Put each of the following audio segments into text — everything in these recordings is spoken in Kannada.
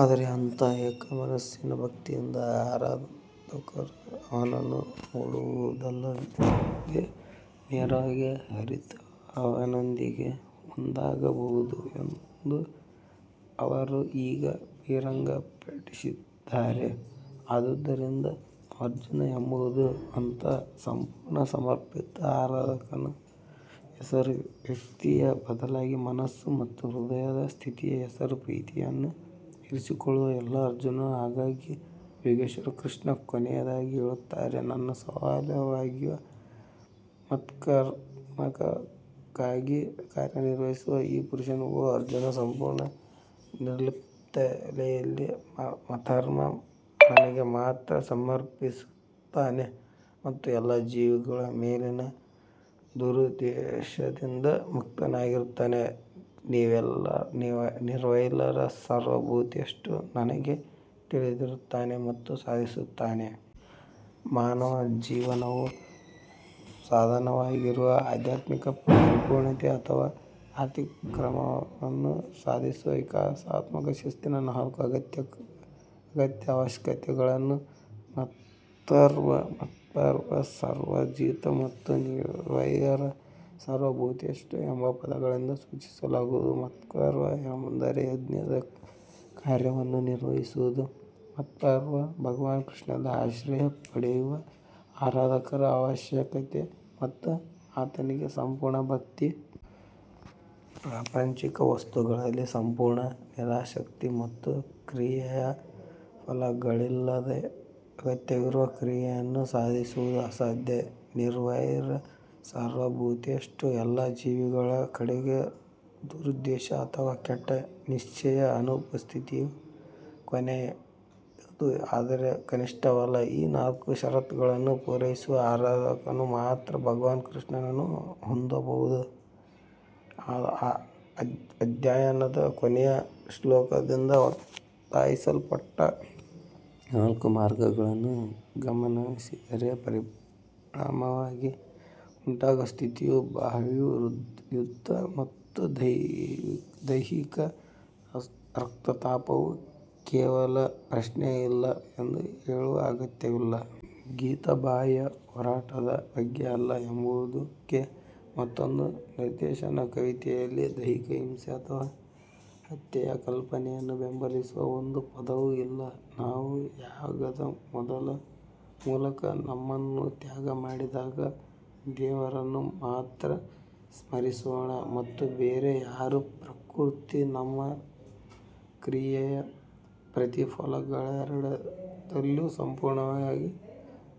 ಆದರೆ ಅಂತಹ ಏಕಮನಸ್ಸಿನ ಭಕ್ತಿಯಿಂದ ಆರಾಧಕರು ಅವನನ್ನು ನೋಡುವುದಲ್ಲದೆ ನೇರವಾಗಿ ಅರಿತು ಅವನೊಂದಿಗೆ ಒಂದಾಗಬಹುದು ಎಂದು ಅವರು ಈಗ ಬಹಿರಂಗಪಡಿಸಿದ್ದಾರೆ. ಆದ್ದರಿಂದ ಅರ್ಜುನ್ ಎಂಬುದು ಅಂತಹ ಸಂಪೂರ್ಣ ಸಮರ್ಪಿತ ಆರಾಧಕನ ಹೆಸರು ವ್ಯಕ್ತಿಯ ಬದಲಿಗೆ ಮನಸ್ಸು ಮತ್ತು ಹೃದಯದ ಸ್ಥಿತಿಯ ಹೆಸರು ಪ್ರೀತಿಯನ್ನು ಹೀರಿಕೊಳ್ಳುವ ಎಲ್ಲಾ ಅರ್ಜುನ್ ಹಾಗಾಗಿ ಯೋಗೇಶ್ವರ್ ಕೃಷ್ಣ ಕೊನೆಯದಾಗಿ ಹೇಳುತ್ತಾರೆ ನನ್ನ ಸಲುವಾಗಿಯೇ ಮತ್ಕರ್ಮಕ್ಕಾಗಿ ಕಾರ್ಯನಿರ್ವಹಿಸುವ ಈ ಪುರುಷನು ಓ ಅರ್ಜುನನು ಸಂಪೂರ್ಣ ನಿರ್ಲಿಪ್ತತೆಯಲ್ಲಿ ಮತ್ಪರ್ಮಃ ನನಗೆ ಮಾತ್ರ ಸಮರ್ಪಿತನಾಗಿರುತ್ತಾನೆ ಮತ್ತು ಎಲ್ಲಾ ಜೀವಿಗಳ ಮೇಲಿನ ದುರುದ್ದೇಶದಿಂದ ಮುಕ್ತನಾಗಿರುತ್ತಾನೆ ನಿರ್ವೈರಃ ಸರ್ವಭೂತೇಷು ನನಗೆ ತಿಳಿದಿರುತ್ತಾನೆ ಮತ್ತು ಸಾಧಿಸುತ್ತಾನೆ. ಮಾನವ ಜೀವನವು ಸಾಧನವಾಗಿರುವ ಆಧ್ಯಾತ್ಮಿಕ ಪರಿಪೂರ್ಣತೆ ಅಥವಾ ಅತಿಕ್ರಮಣವನ್ನು ಸಾಧಿಸುವ ವಿಕಾಸಾತ್ಮಕ ಶಿಸ್ತಿನ ನಾಲ್ಕು ಅಗತ್ಯ ಅವಶ್ಯಕತೆಗಳನ್ನು ಮತ್ಕರ್ಮಃ ಮತ್ಪರ್ಮಃ ಸಂವರ್ಜಿತಃ ಮತ್ತು ನಿರ್ವೈರಃ ಸರ್ವಭೂತೇಷು ಎಂಬ ಪದಗಳಿಂದ ಸೂಚಿಸಲಾಗುತ್ತದೆ. ಮತ್ಕರ್ಮ ಎಂದರೆ ಯಜ್ಞದ ಕಾರ್ಯವನ್ನು ನಿರ್ವಹಿಸುವುದು ಮತ್ಪರ್ಮವು ಭಗವಾನ್ ಕೃಷ್ಣನಲ್ಲಿ ಆಶ್ರಯ ಪಡೆಯುವ ಆರಾಧಕರ ಅವಶ್ಯಕತೆ ಮತ್ತು ಆತನಿಗೆ ಸಂಪೂರ್ಣ ಭಕ್ತಿ. ಪ್ರಾಪಂಚಿಕ ವಸ್ತುಗಳಲ್ಲಿ ಸಂಪೂರ್ಣ ನಿರಾಸಕ್ತಿ ಮತ್ತು ಕ್ರಿಯೆಯ ಫಲಗಳಿಲ್ಲದೆ ಅಗತ್ಯವಿರುವ ಕ್ರಿಯೆಯನ್ನು ಸಾಧಿಸುವುದು ಅಸಾಧ್ಯ. ನಿರ್ವ್ರೈರಃ ಸರ್ವಭೂತೇಷು ಎಲ್ಲಾ ಜೀವಿಗಳ ಕಡೆಗೆ ದುರುದ್ದೇಶ ಅಥವಾ ಕೆಟ್ಟ ಇಚ್ಛೆಯ ಅನುಪಸ್ಥಿತಿಯು ಕೊನೆಯದು ಆದರೆ ಕನಿಷ್ಠವಲ್ಲ ಈ ನಾಲ್ಕು ಷರತ್ತುಗಳನ್ನು ಪೂರೈಸುವ ಆರಾಧಕನು ಮಾತ್ರ ಭಗವಾನ್ ಕೃಷ್ಣನನ್ನು ಹೊಂದಬಹುದು ಅಧ್ಯಾಯದ ಕೊನೆಯ ಶ್ಲೋಕದಿಂದ ಒತ್ತಾಯಿಸಲ್ಪಟ್ಟ ನಾಲ್ಕು ಮಾರ್ಗಗಳನ್ನು ಗಮನಿಸಿದರೆ ಪರಿಣಾಮವಾಗಿ ಉಂಟಾಗುವ ಸ್ಥಿತಿಯು ಬಾಹ್ಯ ಯುದ್ಧ ಮತ್ತು ದೈಹಿಕ ರಕ್ತಪಾತವು ಕೇವಲ ಪ್ರಶ್ನೆಯಿಲ್ಲ ಎಂದು ಹೇಳುವ ಅಗತ್ಯವಿಲ್ಲ. ಗೀತಾ ಬಾಹ್ಯ ಹೋರಾಟದ ಬಗ್ಗೆ ಅಲ್ಲ ಎಂಬುದಕ್ಕೆ ಮತ್ತೊಂದು ನಿದರ್ಶನ ಕವಿತೆಯಲ್ಲಿ ದೈಹಿಕ ಹಿಂಸೆ ಅಥವಾ ಹತ್ಯೆಯ ಕಲ್ಪನೆಯನ್ನು ಬೆಂಬಲಿಸುವ ಒಂದು ಪದ್ಯವೂ ಇಲ್ಲ ನಾವು ಯಾಗದ ಮೂಲಕ ನಮ್ಮನ್ನು ತ್ಯಾಗ ಮಾಡಿದಾಗ ದೇವರನ್ನು ಮಾತ್ರ ಸ್ಮರಿಸೋಣ ಮತ್ತು ಬೇರೆ ಯಾರೂ ಪ್ರಕೃತಿ ಮತ್ತು ನಮ್ಮ ಕ್ರಿಯೆಯ ಪ್ರತಿಫಲಗಳೆರಡರಿಂದಲೂ ಸಂಪೂರ್ಣವಾಗಿ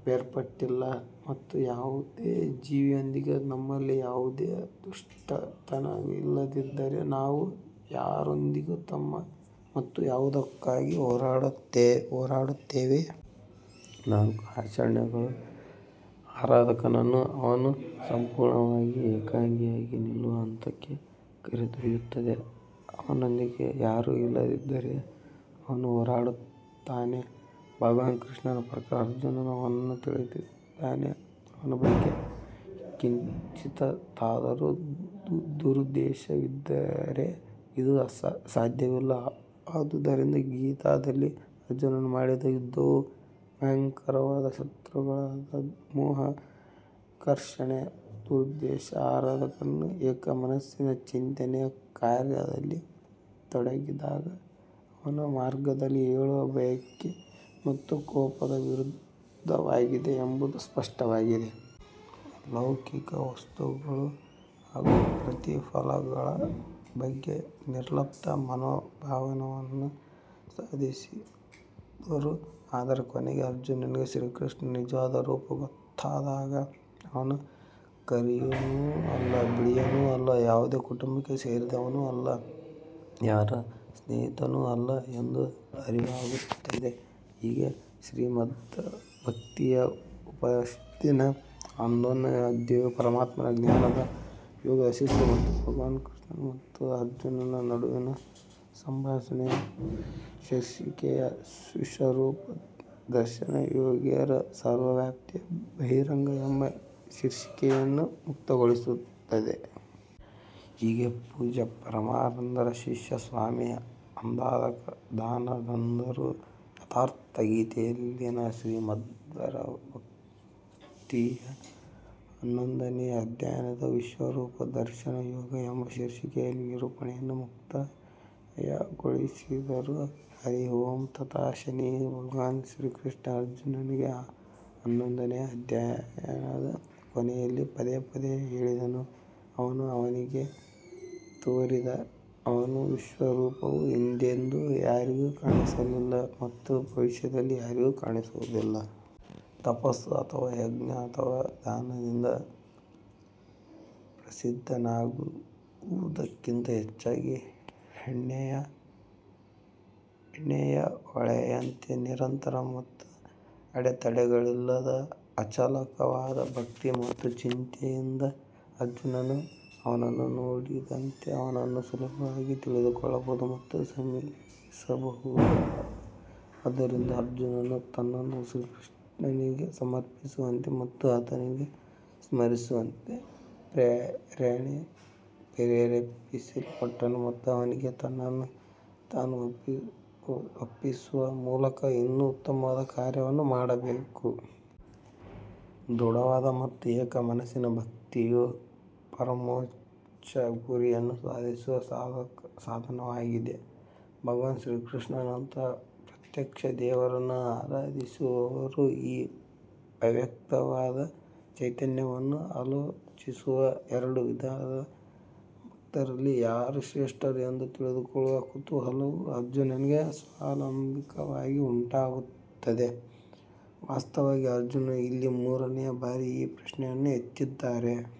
ಬೇರ್ಪಟ್ಟಿಲ್ಲ ಮತ್ತು ಯಾವುದೇ ಜೀವಿಯೊಂದಿಗೆ ನಮ್ಮಲ್ಲಿ ಯಾವುದೇ ದುಷ್ಟತನವಿಲ್ಲದಿದ್ದರೆ ನಾವು ಯಾರೊಂದಿಗೆ ಮತ್ತು ಯಾವುದಕ್ಕಾಗಿ ಹೋರಾಡುತ್ತೇವೆ. ನಾಲ್ಕು ಆಚರಣೆಗಳು ಆರಾಧಕನನ್ನು ಅವನು ಸಂಪೂರ್ಣವಾಗಿ ಏಕಾಂಗಿಯಾಗಿ ನಿಲ್ಲುವ ಹಂತಕ್ಕೆ ಕರೆದೊಯ್ಯುತ್ತದೆ ಅವನೊಂದಿಗೆ ಯಾರೂ ಇಲ್ಲದಿದ್ದರೆ ಅವನು ಹೋರಾಡುತ್ತಾನೆ ಭಗವಾನ್ ಕೃಷ್ಣನ ಪ್ರಕಾರ ಅರ್ಜುನನು ಅವನನ್ನು ತಿಳಿದಿದ್ದಾನೆ ಅವನ ಬಗ್ಗೆ ಕಿಂಚಿತ್ತಾದರೂ ದುರುದ್ದೇಶವಿದ್ದರೆ ಇದು ಸಾಧ್ಯವಿಲ್ಲ ಆದುದರಿಂದ ಗೀತಾದಲ್ಲಿ ಅರ್ಜುನನು ಮಾಡಿದ ಯುದ್ಧವು ಭಯಂಕರವಾದ ಶತ್ರುಗಳಾದ ಮೋಹ ವಿಕರ್ಷಣೆ ದುರುದ್ದೇಶ ಆರಾಧಕನು ಏಕಮನಸ್ಸಿನ ಚಿಂತನೆಯ ಕಾರ್ಯದಲ್ಲಿ ತೊಡಗಿದಾಗ ಅವನ ಮಾರ್ಗದಲ್ಲಿ ಏಳುವ ಬಯಕೆ ಮತ್ತು ಕೋಪದ ವಿರುದ್ಧವಾಗಿದೆ ಎಂಬುದು ಸ್ಪಷ್ಟವಾಗಿದೆ. ಲೌಕಿಕ ವಸ್ತುಗಳು ಹಾಗೂ ಪ್ರತಿಫಲಗಳ ಬಗ್ಗೆ ನಿರ್ಲಿಪ್ತ ಮನೋಭಾವವನ್ನು ಸಾಧಿಸಿದರು ಆದರೆ ಕೊನೆಗೆ ಅರ್ಜುನನಿಗೆ ಶ್ರೀಕೃಷ್ಣನ ನಿಜವಾದ ರೂಪ ಗೊತ್ತಾದಾಗ ಅವನು ಕರಿಯನೂ ಅಲ್ಲ ಬಿಳಿಯೂ ಅಲ್ಲ ಯಾವುದೇ ಕುಟುಂಬಕ್ಕೆ ಸೇರಿದವನಲ್ಲ ಅಥವಾ ಯಾರ ಸ್ನೇಹಿತನೂ ಅಲ್ಲ ಎಂದು ಅರಿವಾಗುತ್ತದೆ. ಹೀಗೆ ಶ್ರೀಮದ್ಭಗವದ್ಗೀತೆಯ ಉಪನಿಷತ್ತಿನ ಹನ್ನೊಂದನೇ ಅಧ್ಯಾಯವು ಪರಮಾತ್ಮನ ಜ್ಞಾನದ ಯೋಗದ ಶಿಸ್ತು ಮತ್ತು ಭಗವಾನ್ ಕೃಷ್ಣ ಮತ್ತು ಅರ್ಜುನನ ನಡುವಿನ ಸಂಭಾಷಣೆಯ ಶೀರ್ಷಿಕೆಯ ವಿಶ್ವರೂಪ ದರ್ಶನ ಯೋಗೋರ್ ಸರ್ವವ್ಯಾಪಿಯ ಬಹಿರಂಗ ಎಂಬ ಶೀರ್ಷಿಕೆಯನ್ನು ಮುಕ್ತಾಯಗೊಳಿಸುತ್ತದೆ. ಹೀಗೆ ಪೂಜ್ಯ ಪರಮಾನಂದರ ಶಿಷ್ಯ ಸ್ವಾಮಿ ಅದ್ಗದಾನಂದರು ಯಥಾರ್ಥ ಗೀತೆಯಲ್ಲಿನ ಶ್ರೀಮದ್ಭಗವದ್ಗೀತೆಯ ಹನ್ನೊಂದನೇ ಅಧ್ಯಾಯದ ವಿಶ್ವರೂಪ ದರ್ಶನ ಯೋಗ ಎಂಬ ಶೀರ್ಷಿಕೆಯ ನಿರೂಪಣೆಯನ್ನು ಮುಕ್ತಾಯಗೊಳಿಸಿದರು. ಹರಿ ಓಂ ತತ್ ಶನಿ ಭಗವಾನ್ ಕೃಷ್ಣನು ಅರ್ಜುನನಿಗೆ ಹನ್ನೊಂದನೇ ಅಧ್ಯಾಯದ ಕೊನೆಯಲ್ಲಿ ಪದೇ ಪದೇ ಹೇಳಿದನು ಅವನು ಅವನಿಗೆ ತೋರಿದ ಅವನ ವಿಶ್ವರೂಪವು ಹಿಂದೆಂದೂ ಯಾರಿಗೂ ಕಾಣಿಸಲಿಲ್ಲ ಮತ್ತು ಭವಿಷ್ಯದಲ್ಲಿ ಯಾರಿಗೂ ಕಾಣಿಸುವುದಿಲ್ಲ. ತಪಸ್ಸು ಅಥವಾ ಯಜ್ಞ ಅಥವಾ ದಾನದಿಂದ ಪ್ರಸಿದ್ಧನಾಗುವುದಕ್ಕಿಂತ ಹೆಚ್ಚಾಗಿ ಎಣ್ಣೆಯ ಹೊಳೆಯಂತೆ ನಿರಂತರ ಮತ್ತು ಅಡೆತಡೆಯಿಲ್ಲದ ಅಚಲವಾದ ಭಕ್ತಿ ಮತ್ತು ಚಿಂತನೆಯಿಂದ ಅರ್ಜುನನು ಅವನನ್ನು ನೋಡಿದಂತೆ ಅವನನ್ನು ಸುಲಭವಾಗಿ ತಿಳಿದುಕೊಳ್ಳಬಹುದು ಮತ್ತು ಸಮೀಪಿಸಬಹುದು. ಆದುದರಿಂದ ಅರ್ಜುನನು ತನ್ನನ್ನು ಶ್ರೀಕೃಷ್ಣನಿಗೆ ಸಮರ್ಪಿಸುವಂತೆ ಮತ್ತು ಆತನನ್ನು ಸ್ಮರಿಸುವಂತೆ ಪ್ರೇರೇಪಿಸಲ್ಪಟ್ಟನು ಮತ್ತು ಅವನಿಗೆ ತನ್ನನ್ನು ತಾನು ಒಪ್ಪಿಸುವ ಮೂಲಕ ಇನ್ನೂ ಉತ್ತಮವಾದ ಕಾರ್ಯವನ್ನು ಮಾಡಬೇಕು. ದೃಢವಾದ ಮತ್ತು ಏಕ ಮನಸ್ಸಿನ ಭಕ್ತಿಯು ಪರಮೋಚ್ಚ ಗುರಿಯನ್ನು ಸಾಧಿಸುವ ಸಾಧನವಾಗಿದೆ ಭಗವಾನ್ ಶ್ರೀಕೃಷ್ಣನಂತಹ ಪ್ರತ್ಯಕ್ಷ ದೇವರನ್ನು ಆರಾಧಿಸುವವರು ಮತ್ತು ಅವ್ಯಕ್ತವಾದ ಚೈತನ್ಯವನ್ನು ಆಲೋಚಿಸುವ ಎರಡು ವಿಧದ ಭಕ್ತರಲ್ಲಿ ಯಾರು ಶ್ರೇಷ್ಠರು ಎಂದು ತಿಳಿದುಕೊಳ್ಳುವ ಕುತೂಹಲವು ಅರ್ಜುನನಿಗೆ ಸ್ವಾಭಾವಿಕವಾಗಿ ಉಂಟಾಗುತ್ತದೆ. ವಾಸ್ತವವಾಗಿ ಅರ್ಜುನ್ ಇಲ್ಲಿ ಮೂರನೇ ಬಾರಿಗೆ ಈ ಪ್ರಶ್ನೆಯನ್ನು ಎತ್ತಿದ್ದಾರೆ.